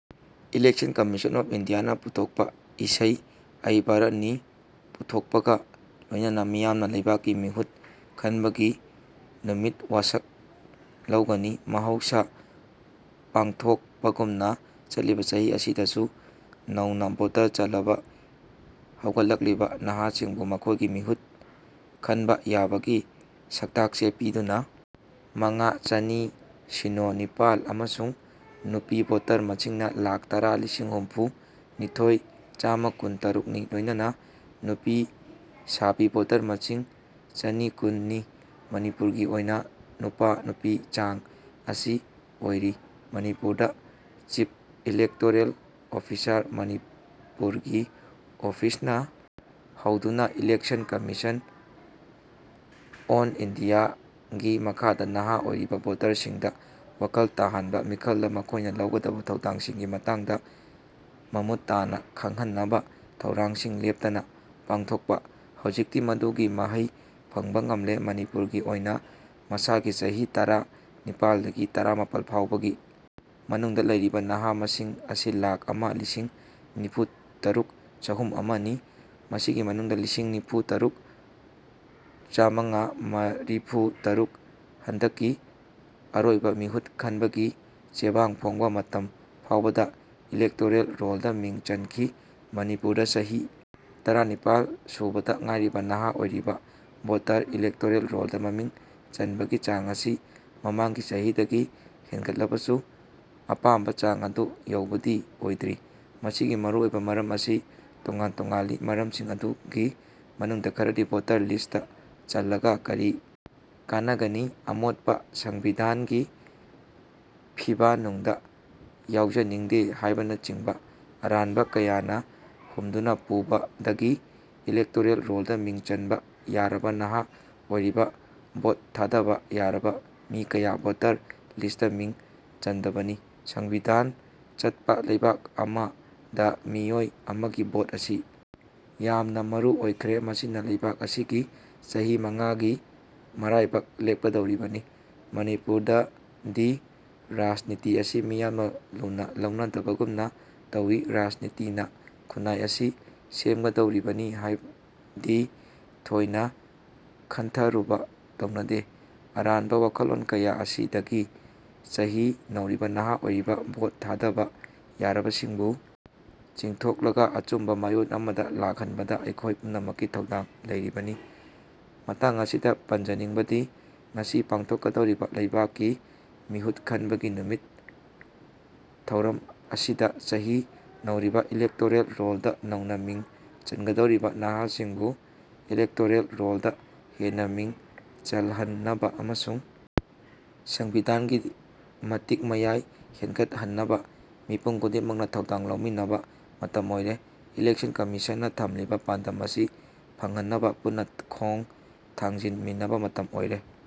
Election commission of ꯏꯟꯗꯤꯌꯥꯅ ꯄꯨꯊꯣꯛꯄ ꯏꯁꯩ ꯑꯩ ꯚꯥꯔꯠꯅꯤ ꯄꯨꯊꯣꯛꯄꯒ ꯂꯣꯏꯅꯅ ꯃꯤꯌꯥꯝꯅ ꯂꯩꯕꯥꯛꯀꯤ ꯃꯤꯍꯨꯠ ꯈꯟꯕꯒꯤ ꯅꯨꯃꯤꯠ ꯋꯥꯁꯛ ꯂꯧꯒꯅꯤ꯫ꯃꯍꯧꯁꯥ ꯄꯥꯡꯊꯣꯛꯄꯒꯨꯝꯅ ꯆꯠꯂꯤꯕ ꯆꯍꯤ ꯑꯁꯤꯗꯁꯨ ꯅꯧꯅ ꯚꯣꯇꯔ ꯆꯜꯂꯕ ꯍꯧꯒꯠꯂꯛꯂꯤꯕ ꯅꯍꯥꯁꯤꯡꯕꯨ ꯃꯈꯣꯏꯒꯤ ꯃꯤꯍꯨꯠ ꯈꯟꯕ ꯌꯥꯕꯒꯤ ꯁꯛꯇꯥꯛ ꯆꯦ ꯄꯤꯗꯨꯅ ꯃꯉꯥ ꯆꯟꯅꯤ ꯁꯤꯅꯣ ꯅꯤꯄꯥꯜ ꯑꯃꯁꯨꯡ ꯅꯨꯄꯤ ꯚꯣꯇꯔ ꯃꯁꯤꯡꯅ ꯂꯥꯛ ꯇꯔꯥ ꯂꯤꯁꯤꯡ ꯍꯨꯝꯐꯨ ꯅꯤꯊꯣꯏ ꯆꯥꯝꯃ ꯀꯨꯟ ꯇꯔꯨꯛꯅꯤ꯫ꯂꯣꯏꯅꯅ ꯅꯨꯄꯤ ꯁꯥꯕꯤ ꯚꯣꯇꯔ ꯃꯁꯤꯡꯅ ꯆꯟꯅꯤ ꯀꯨꯟ ꯅꯤ꯫ꯃꯅꯤꯄꯨꯔꯒꯤ ꯑꯣꯏꯅ ꯅꯨꯄꯥ-ꯅꯨꯄꯤ ꯆꯥꯡ ꯑꯁꯤ ꯑꯣꯏꯔꯤ꯫ꯃꯅꯤꯄꯨꯔꯗ ꯆꯤꯐ ꯏꯂꯦꯛꯇꯣꯔꯦꯜ ꯑꯣꯐꯤꯁꯥꯔ ꯃꯅꯤꯄꯨꯔꯒꯤ ꯑꯣꯐꯤꯁꯅ ꯍꯧꯗꯨꯅ ꯏꯂꯦꯛꯁꯟ ꯀꯝꯃꯤꯁꯟ ꯑꯣꯟꯏꯟꯗꯤꯌꯥꯒꯤ ꯃꯈꯥꯗ ꯅꯍꯥ ꯑꯣꯏꯔꯤꯕ ꯚꯣꯇꯔꯁꯤꯡꯗ ꯋꯥꯈꯜ ꯇꯥꯍꯟꯕ, ꯃꯤꯈꯜꯗ ꯃꯈꯣꯏꯅ ꯂꯧꯒꯗꯕ ꯊꯧꯗꯥꯡꯁꯤꯡꯒꯤ ꯃꯇꯥꯡꯗ ꯃꯃꯨꯠ ꯇꯥꯅ ꯈꯪꯍꯟꯅꯕ ꯊꯧꯔꯝꯁꯤꯡ ꯂꯦꯞꯇꯅ ꯄꯥꯡꯊꯣꯛꯄꯅ ꯍꯧꯖꯤꯛꯇꯤ ꯃꯗꯨꯒꯤ ꯃꯍꯩ ꯐꯪꯕ ꯉꯝꯂꯦ꯫ꯃꯅꯤꯄꯨꯔꯒꯤ ꯑꯣꯏꯅ ꯃꯁꯥꯒꯤ ꯆꯍꯤ ꯇꯔꯥ ꯅꯤꯄꯥꯜꯗꯒꯤ ꯇꯔꯥꯃꯥꯄꯜ ꯐꯥꯎꯕꯒꯤ ꯃꯅꯨꯡꯗ ꯂꯩꯔꯤꯕ ꯅꯍꯥ ꯃꯁꯤꯡ ꯑꯁꯤ ꯂꯥꯛ ꯑꯃ ꯂꯤꯁꯤꯡ ꯅꯤꯐꯨ ꯇꯔꯨꯛ ꯆꯍꯨꯝ ꯑꯃ ꯅꯤ꯫ꯃꯁꯤꯒꯤ ꯃꯅꯨꯡꯗ ꯂꯤꯁꯤꯡ ꯅꯤꯐꯨ ꯇꯔꯨꯛ ꯆꯥꯝꯃꯉꯥ ꯃꯔꯤꯐꯨ ꯇꯔꯨꯛ ꯍꯟꯗꯛꯀꯤ ꯑꯔꯣꯏꯕ ꯃꯤꯍꯨꯠ ꯈꯟꯕꯒꯤ ꯆꯦꯕꯥꯡ ꯐꯣꯡꯕ ꯃꯇꯝ ꯐꯥꯎꯕꯗ ꯏꯂꯦꯛꯇꯣꯔꯦꯜ ꯔꯣꯜꯗ ꯃꯤꯡ ꯆꯟꯈꯤ꯫ꯃꯅꯤꯄꯨꯔꯗ ꯆꯍꯤ ꯇꯔꯥꯅꯤꯄꯥꯜ ꯁꯨꯕꯗ ꯉꯥꯏꯔꯤꯕ ꯅꯍꯥ ꯑꯣꯏꯔꯤꯕ ꯚꯣꯇꯔ ꯏꯂꯦꯛꯇꯣꯔꯦꯜ ꯔꯣꯜꯗ ꯃꯤꯡ ꯆꯟꯕꯒꯤ ꯆꯥꯡ ꯑꯁꯤ ꯃꯃꯥꯡꯒꯤ ꯆꯍꯤꯗꯒꯤ ꯍꯦꯟꯒꯠꯂꯕꯁꯨ ꯑꯄꯥꯝꯕ ꯆꯥꯡ ꯑꯗꯨ ꯌꯧꯕꯗꯤ ꯑꯣꯏꯗ꯭ꯔꯤ꯫ꯃꯁꯤꯒꯤ ꯃꯔꯨ ꯑꯣꯏꯕ ꯃꯔꯝ ꯑꯁꯤ ꯇꯣꯉꯥꯟ ꯇꯣꯉꯥꯟꯂꯤ꯫ꯃꯔꯝꯁꯤꯡ ꯑꯗꯨꯒꯤ ꯃꯅꯨꯡꯗ ꯈꯔꯗꯤ ꯚꯣꯇꯔ ꯂꯤꯁꯇ ꯆꯜꯂꯒ ꯀꯔꯤ ꯀꯥꯟꯅꯒꯅꯤ, ꯑꯃꯣꯠꯄ ꯁꯪꯕꯤꯚꯥꯟꯒꯤ ꯐꯤꯕꯥꯟꯅꯨꯡꯗ ꯌꯥꯎꯖꯅꯤꯡꯗꯦ ꯍꯥꯏꯕꯅꯆꯤꯡꯕ ꯑꯔꯥꯟꯕ ꯀꯌꯥꯅ ꯍꯨꯝꯗꯨꯅ ꯄꯨꯕꯗꯒꯤ ꯏꯂꯦꯛꯇꯣꯔꯦꯜ ꯔꯣꯜꯗ ꯃꯤꯡ ꯆꯟꯕ ꯌꯥꯔꯕ ꯅꯍꯥ ꯑꯣꯏꯔꯤꯕ ꯚꯣꯠ ꯊꯥꯗꯕ ꯌꯥꯔꯕ ꯃꯤ ꯀꯌꯥ ꯚꯣꯇꯔ ꯂꯤꯁꯇ ꯃꯤꯡ ꯆꯟꯗꯕꯅꯤ꯫ꯁꯪꯕꯤꯚꯥꯟ ꯆꯠꯄ ꯂꯩꯕꯥꯛ ꯑꯃꯗ ꯃꯤꯑꯣꯏ ꯑꯃꯒꯤ ꯚꯣꯠ ꯑꯁꯤ ꯌꯥꯝꯅ ꯃꯔꯨ ꯑꯣꯏꯈ꯭ꯔꯦ꯫ꯃꯁꯤꯅ ꯂꯩꯕꯥꯛ ꯑꯁꯤꯒꯤ ꯆꯍꯤ ꯃꯉꯥ ꯒꯤ ꯃꯔꯥꯏꯕꯛ ꯂꯦꯞꯀꯗꯧꯔꯤꯕꯅꯤ꯫ꯃꯅꯤꯄꯨꯔꯗꯗꯤꯔꯥꯖ ꯅꯤꯇꯤ ꯑꯁꯤ ꯃꯤꯌꯥꯝꯅ ꯂꯨꯝꯅ ꯂꯧꯅꯗꯕꯒꯨꯝꯅ ꯇꯧꯏ꯫ꯔꯥꯖꯅꯤꯇꯤꯅ ꯈꯨꯟꯅꯥꯏ ꯑꯁꯤ ꯁꯦꯝꯒꯗꯧꯔꯤꯕꯅꯤ ꯍꯥꯏꯗꯤ ꯊꯣꯏꯅ ꯈꯟꯊꯔꯨꯕ ꯇꯧꯅꯗꯦ꯫ꯑꯔꯥꯟꯕ ꯋꯥꯈꯜꯂꯣꯟ ꯀꯌꯥ ꯑꯁꯤꯗꯒꯤ ꯆꯍꯤ ꯅꯧꯔꯤꯕ ꯅꯍꯥ ꯑꯣꯏꯔꯤꯕ ꯚꯣꯠ ꯊꯥꯗꯕ ꯌꯥꯔꯕꯁꯤꯡꯕꯨ ꯆꯤꯡꯊꯣꯛꯂꯒ ꯑꯆꯨꯝꯕ ꯃꯥꯏꯑꯣꯟ ꯑꯃꯗ ꯂꯥꯛꯍꯟꯕꯗ ꯑꯩꯈꯣꯏ ꯄꯨꯝꯅꯃꯛꯀꯤ ꯊꯧꯗꯥꯡ ꯂꯩꯔꯤꯕꯅꯤ꯫ꯃꯇꯥꯡ ꯑꯁꯤꯗ ꯄꯟꯖꯅꯤꯡꯕꯗꯤ ꯉꯁꯤ ꯄꯥꯡꯊꯣꯛꯀꯗꯧꯔꯤꯕ ꯂꯩꯕꯥꯛꯀꯤ ꯃꯤꯍꯨꯠ ꯈꯟꯕꯒꯤ ꯅꯨꯃꯤꯠ ꯊꯧꯔꯝ ꯑꯁꯤꯗ ꯆꯍꯤ ꯅꯧꯔꯤꯕ, ꯏꯂꯦꯛꯇꯣꯔꯦꯜ ꯔꯣꯜꯗ ꯅꯧꯅ ꯃꯤꯡ ꯆꯟꯒꯗꯧꯔꯤꯕ ꯅꯍꯥꯁꯤꯡꯕꯨ ꯏꯂꯦꯛꯇꯣꯔꯦꯜ ꯔꯣꯜꯗ ꯍꯦꯟꯅ ꯃꯤꯡ ꯆꯜꯍꯟꯅꯕ ꯑꯃꯁꯨꯡ ꯁꯪꯕꯤꯚꯥꯟꯒꯤꯃꯇꯤꯛ ꯃꯌꯥꯏ ꯍꯦꯟꯒꯠꯍꯟꯅꯕ ꯃꯤꯄꯨꯝ ꯈꯨꯗꯤꯡꯃꯛꯅ ꯊꯧꯗꯥꯡ ꯂꯧꯃꯤꯟꯅꯕ ꯃꯇꯝ ꯑꯣꯏꯔꯦ꯫ꯏꯂꯦꯛꯁꯟ ꯀꯝꯃꯤꯁꯟꯅ ꯊꯝꯂꯤꯕ ꯄꯥꯟꯗꯝ ꯑꯁꯤ ꯐꯪꯍꯟꯅꯕ ꯄꯨꯟꯅ ꯈꯣꯡ ꯊꯥꯡꯖꯤꯟꯃꯤꯟꯅꯕ ꯃꯇꯝ ꯑꯣꯏꯔꯦ꯫